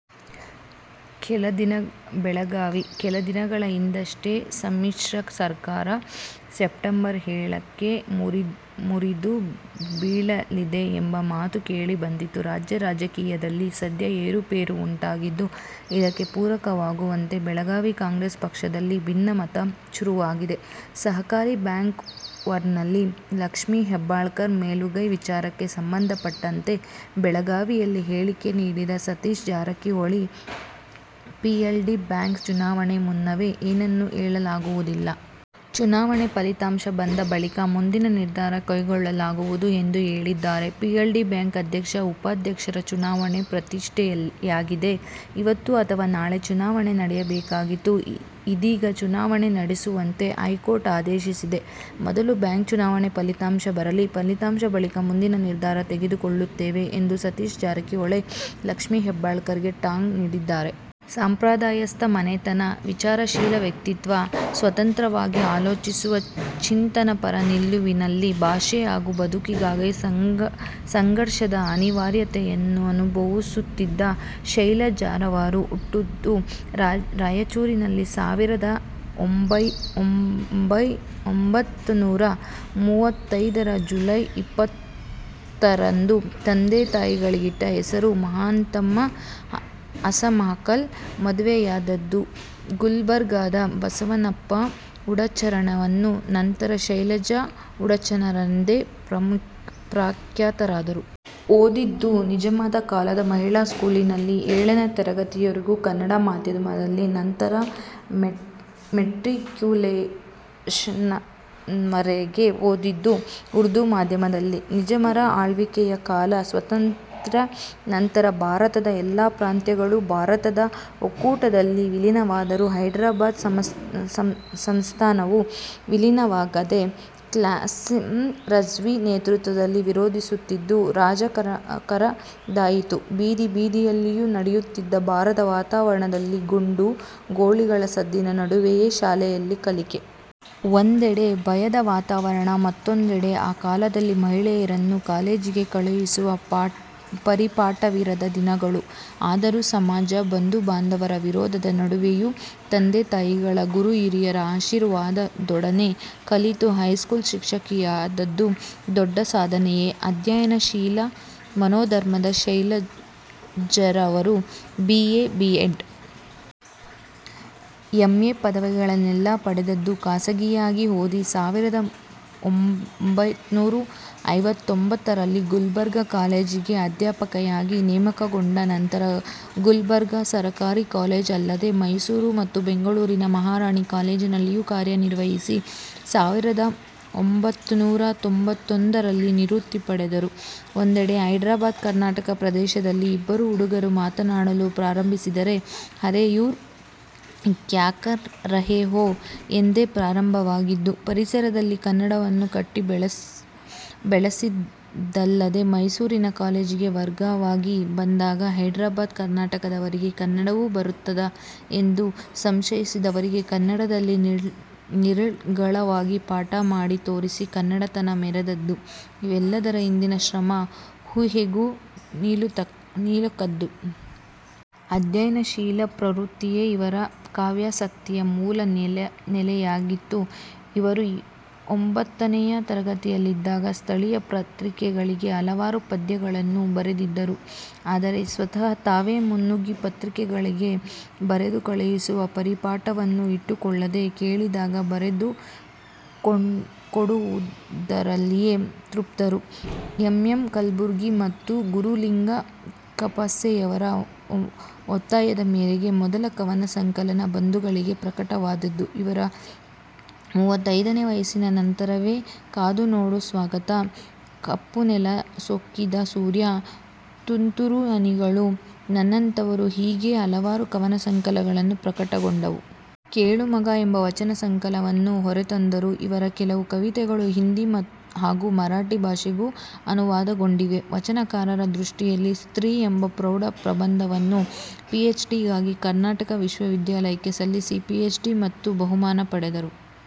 ಬೆಳಗಾವಿ: ಕೆಲ ದಿನಗಳ ಹಿಂದಷ್ಟೇ ಸಮ್ಮಿಶ್ರ ಸರ್ಕಾರ ಸೆಪ್ಟೆಂಬರ್ ಏಳಕ್ಕೆ ಮುರಿದು ಬೀಳಲಿದೆ ಎಂಬ ಮಾತು ಕೇಳಿಬಂದಿತ್ತು. ರಾಜ್ಯ ರಾಜಕೀಯದಲ್ಲಿ ಸದ್ಯ ಏರುಪೇರು ಉಂಟಾಗಿದ್ದು, ಇದಕ್ಕೆ ಪೂರಕವಾಗುವಂತೆ ಬೆಳಗಾವಿ ಕಾಂಗ್ರೆಸ್ ಪಕ್ಷದಲ್ಲಿ ಭಿನ್ನಮತ ಶುರುವಾಗಿದೆ. ಸಹಕಾರಿ ಬ್ಯಾಂಕ್ ವಾರ್ನಲ್ಲಿ ಲಕ್ಷ್ಮಿ ಹೆಬ್ಬಾಳ್ಕರ್ ಮೇಲುಗೈ ವಿಚಾರಕ್ಕೆ ಸಂಬಂಧಪಟ್ಟಂತೆ ಬೆಳಗಾವಿಯಲ್ಲಿ ಹೇಳಿಕೆ ನೀಡಿದ ಸತೀಶ್ ಜಾರಕಿಹೊಳಿ, ಪಿಎಲ್ಡಿ ಬ್ಯಾಂಕ್ ಚುನಾವಣೆ ಮುನ್ನವೇ ಏನನ್ನು ಹೇಳಲಾಗುವುದಿಲ್ಲ. ಚುನಾವಣೆ ಫಲಿತಾಂಶ ಬಂದ ಬಳಿಕ ಮುಂದಿನ ನಿರ್ಧಾರ ಕೈಗೊಳ್ಳಲಾಗುವುದು ಎಂದು ಹೇಳಿದ್ದಾರೆ. ಪಿಎಲ್ಡಿ ಬ್ಯಾಂಕ್ ಅಧ್ಯಕ್ಷ, ಉಪಾಧ್ಯಕ್ಷರ ಚುನಾವಣೆ ಪ್ರತಿಷ್ಠೆಯಾಗಿದೆ. ಇವತ್ತು ಅಥವಾ ನಾಳೆ ಚುನಾವಣೆ ನಡೆಯಬೇಕಾಗಿತ್ತು. ಇದೀಗ ಚುನಾವಣೆ ನಡೆಸುವಂತೆ ಹೈಕೋರ್ಟ್ ಆದೇಶಿಸಿದೆ. ಮೊದಲು ಬ್ಯಾಂಕ್ ಚುನಾವಣೆ ಫಲಿತಾಂಶ ಬರಲಿ. ಫಲಿತಾಂಶ ಬಳಿಕ ಮುಂದಿನ ನಿರ್ಧಾರ ತೆಗೆದುಕೊಳ್ಳುತ್ತೇವೆ ಎಂದು ಸತೀಶ್ ಜಾರಕಿಹೊಳಿ, ಲಕ್ಷ್ಮಿ ಹೆಬ್ಬಾಳ್ಕರ್ಗೆ ಟಾಂಗ್ ನೀಡಿದ್ದಾರೆ. ಸಂಪ್ರದಾಯಸ್ಥ ಮನೆತನ, ವಿಚಾರಶೀಲ ವ್ಯಕ್ತಿತ್ವ, ಸ್ವತಂತ್ರವಾಗಿ ಆಲೋಚಿಸುವ, ಚಿಂತನ ಪರ ನಿಲುವಿನಲ್ಲಿ ಭಾಷೆ ಹಾಗೂ ಬದುಕಿಗಾಗಿ ಸಂಘರ್ಷದ ಅನಿವಾರ್ಯತೆಯನ್ನನುಭವಿಸುತ್ತಿದ್ದ ಶೈಲಜಾರವರು ಹುಟ್ಟಿದ್ದು ರಾಯಚೂರಿನಲ್ಲಿ ಸಾವಿರದ ಒಂಭೈನೂರ ಮೂವತ್ತೈದರ ಜುಲೈ ಇಪ್ಪತ್ತಾರರಂದು. ತಂದೆ ತಾಯಿಗಳಿಟ್ಟ ಹೆಸರು ಮಹಾಂತಮ್ಮ ಹಸಮಕಲ್. ಮದುವೆಯಾದದ್ದು ಗುಲಬರ್ಗದ ಬಸವಣ್ಣಪ್ಪ ಉಡಚಣರವನ್ನು, ನಂತರ ಶೈಲಜಾ ಉಡಚಣರೆಂದೇ ಪ್ರಖ್ಯಾತರಾದರು. ಓದಿದ್ದು ನಿಜಾಮದ ಕಾಲದ ಮಹಿಳಾ ಸ್ಕೂಲಿನಲ್ಲಿ ಏಳನೆಯ ತರಗತಿಯವರೆಗೆ ಕನ್ನಡ ಮಾಧ್ಯಮದಲ್ಲಿ. ನಂತರ ಮೆಟ್ರಿಕ್ಯುಲೇಷನ್ವರೆಗೆ ಓದಿದ್ದು ಉರ್ದು ಮಾಧ್ಯಮದಲ್ಲಿ. ನಿಜಾಮರ ಆಳ್ವಿಕೆಯ ಕಾಲ. ಸ್ವಾತಂತ್ಯ್ರಾ ನಂತರ ಭಾರತದ ಎಲ್ಲ ಪ್ರಾಂತ್ಯಗಳೂ ಭಾರತದ ಒಕ್ಕೂಟದಲ್ಲಿ ವಿಲೀನವಾದರೂ ಹೈದರಾಬಾದ್ ಸಂಸ್ಥಾನವು ವಿಲೀನವಾಗದೆ ಕಾಸಿಮ್ ರಜ್ವಿ ನೇತೃತ್ವದಲ್ಲಿ ವಿರೋಧಿಸುತ್ತಿದ್ದು, ರಜಾಕರದಾಯಿತು ಬೀದಿಬೀದಿಯಲ್ಲಿಯೂ ನಡೆಯುತ್ತಿದ್ದು ಭಯದ ವಾತಾವರಣದಲ್ಲಿ ಗುಂಡು, ಗೋಲಿಗಳ ಸದ್ದಿನ ನಡುವೆಯೇ ಶಾಲೆಯಲ್ಲಿ ಕಲಿಕೆ. ಒಂದೆಡೆ ಭಯದ ವಾತಾವರಣ, ಮತ್ತೊಂದೆಡೆ ಆ ಕಾಲದಲ್ಲಿ ಮಹಿಳೆಯರನ್ನೂ ಕಾಲೇಜಿಗೆ ಕಳುಹಿಸುವ ಪರಿಪಾಠವಿರದ ದಿನಗಳು. ಆದರೂ ಸಮಾಜ, ಬಂಧು ಬಾಂಧವರ ವಿರೋಧದ ನಡುವೆಯೂ, ತಂದೆತಾಯಿಗಳ, ಗುರುಹಿರಿಯರ ಆಶೀರ್ವಾದದೊಡನೆ ಕಲಿತು ಹೈಸ್ಕೂಲು ಶಿಕ್ಷಕಿಯಾದದ್ದು ದೊಡ್ಡ ಸಾಧನೆಯೆ. ಅಧ್ಯಯನ ಶೀಲ ಮನೋಧರ್ಮದ ಶೈಲಜಾರವರು B. A., B. Ed., M. A. ಪದವಿಗಳನ್ನೆಲ್ಲಾ ಪಡೆದದ್ದು ಖಾಸಗಿಯಾಗಿ ಓದಿ. ಸಾವಿರದ ಒಂಭೈನೂರ ಐವತ್ತೊಂಬತ್ತರಲ್ಲಿ ಗುಲಬರ್ಗಾ ಕಾಲೇಜಿಗೆ ಅಧ್ಯಾಪಕಿಯಾಗಿ ನೇಮಕಗೊಂಡ ನಂತರ ಗುಲಬರ್ಗಾ ಸರಕಾರಿ ಕಾಲೇಜ್ ಅಲ್ಲದೆ ಮೈಸೂರು ಮತ್ತು ಬೆಂಗಳೂರಿನ ಮಹಾರಾಣಿ ಕಾಲೇಜಿನಲ್ಲಿಯೂ ಕಾರ್ಯನಿರ್ವಹಿಸಿ ಸಾವಿರದ ಒಂಭೈನೂರ ತೊಂಬತ್ತೊಂದರಲ್ಲಿ ನಿವೃತ್ತಿ ಪಡೆದರು. ಒಂದೆಡೆ ಹೈದರಾಬಾದ್ ಕರ್ನಾಟಕ ಪ್ರದೇಶದಲ್ಲಿ ಇಬ್ಬರು ಹುಡುಗರು ಮಾತನಾಡಲು ಪ್ರಾರಂಭಿಸಿದರೆ 'ಅರೆ, ಯೂರ್, ಕ್ಯಾಕರ್ ರಹೆ ಹೋ' ಎಂದೇ ಪ್ರಾರಂಭವಾಗುತ್ತಿದ್ದ ಪರಿಸರದಲ್ಲಿ ಕನ್ನಡವನ್ನೂ ಕಟ್ಟಿ ಬೆಳೆಸಿದ್ದಲ್ಲದೆ, ಮೈಸೂರಿನ ಕಾಲೇಜಿಗೆ ವರ್ಗವಾಗಿ ಬಂದಾಗ ಹೈದರಾಬಾದ್ ಕರ್ನಾಟಕದವರಿಗೆ ಕನ್ನಡವೂ ಬರುತ್ತದಾ ಎಂದು ಸಂಶಯಿಸಿದವರಿಗೆ ಕನ್ನಡದಲ್ಲಿ ನಿರರ್ಗಳವಾಗಿ ಪಾಠ ಮಾಡಿ ತೋರಿಸಿ ಕನ್ನಡತನ ಮೆರೆದದ್ದು, ಇವೆಲ್ಲದರ ಹಿಂದಿನ ಶ್ರಮ ಊಹೆಗೂ ನಿಲುಕದ್ದು. ಅಧ್ಯಯನ ಶೀಲ ಪ್ರವೃತ್ತಿಯೇ ಇವರ ಕಾವ್ಯಾಸಕ್ತಿಯ ಮೂಲ ನೆಲೆಯಾಗಿತ್ತು. ಇವರು ಒಂಬತ್ತನೆಯ ತರಗತಿಯಲ್ಲಿದ್ದಾಗಲೇ ಸ್ಥಳೀಯ ಪತ್ರಿಕೆಗಳಿಗೆ ಹಲವಾರು ಪದ್ಯಗಳನ್ನೂ ಬರೆದಿದ್ದರು. ಆದರೆ ಸ್ವತಃ ತಾವೇ ಮುನ್ನುಗ್ಗಿ ಪತ್ರಿಕೆಗಳಿಗೆ ಬರೆದು ಕಳುಹಿಸುವ ಪರಿಪಾಠವನ್ನೂ ಇಟ್ಟುಕೊಳ್ಳದೆ, ಕೇಳಿದಾಗ ಬರೆದುಕೊಡುವುದರಲ್ಲಿಯೇ ತೃಪ್ತರು. ಎಂ.ಎಂ.ಕಲಬುರ್ಗಿ ಮತ್ತು ಗುರುಲಿಂಗ ಕಾಪಸೆಯವರ ಒತ್ತಾಯದ ಮೇರೆಗೆ ಮೊದಲ ಕವನ ಸಂಕಲನ 'ಬಂಧುಗಳಿಗೆ' ಪ್ರಕಟವಾದುದು ಇವರ ಮೂವತ್ತೈದನೆಯ ವಯಸ್ಸಿನ ನಂತರವೇ 'ಕಾದುನೋಡು' 'ಸ್ವಗತ', 'ಕಪ್ಪುನೆಲ ಸೊಕ್ಕಿದ ಸೂರ್ಯ', 'ತುಂತುರು ಹನಿಗಳು', 'ನನ್ನಂಥವರು' ಹೀಗೆ ಹಲವಾರು ಕವನ ಸಂಕಲನಗಳು ಪ್ರಕಟಗೊಂಡವು. 'ಕೇಳು ಮಗಾ' ಎಂಬ ವಚನ ಸಂಕಲನವನ್ನು ಹೊರತಂದರು. ಇವರ ಕೆಲವು ಕವಿತೆಗಳು ಹಿಂದಿ ಹಾಗೂ ಮರಾಠಿ ಭಾಷೆಗೂ ಅನುವಾದಗೊಂಡಿವೆ. 'ವಚನಕಾರರ ದೃಷ್ಟಿಯಲ್ಲಿ ಸ್ತ್ರೀ' ಎಂಬ ಪ್ರೌಢಪ್ರಬಂಧವನ್ನು ಪಿಎಚ್. ಡಿ. ಗಾಗಿ ಕರ್ನಾಟಕ ವಿಶ್ವವಿದ್ಯಾಲಯಕ್ಕೆ ಸಲ್ಲಿಸಿ ಪಿಎಚ್. ಡಿ. ಮತ್ತು ಬಹುಮಾನ ಪಡೆದರು.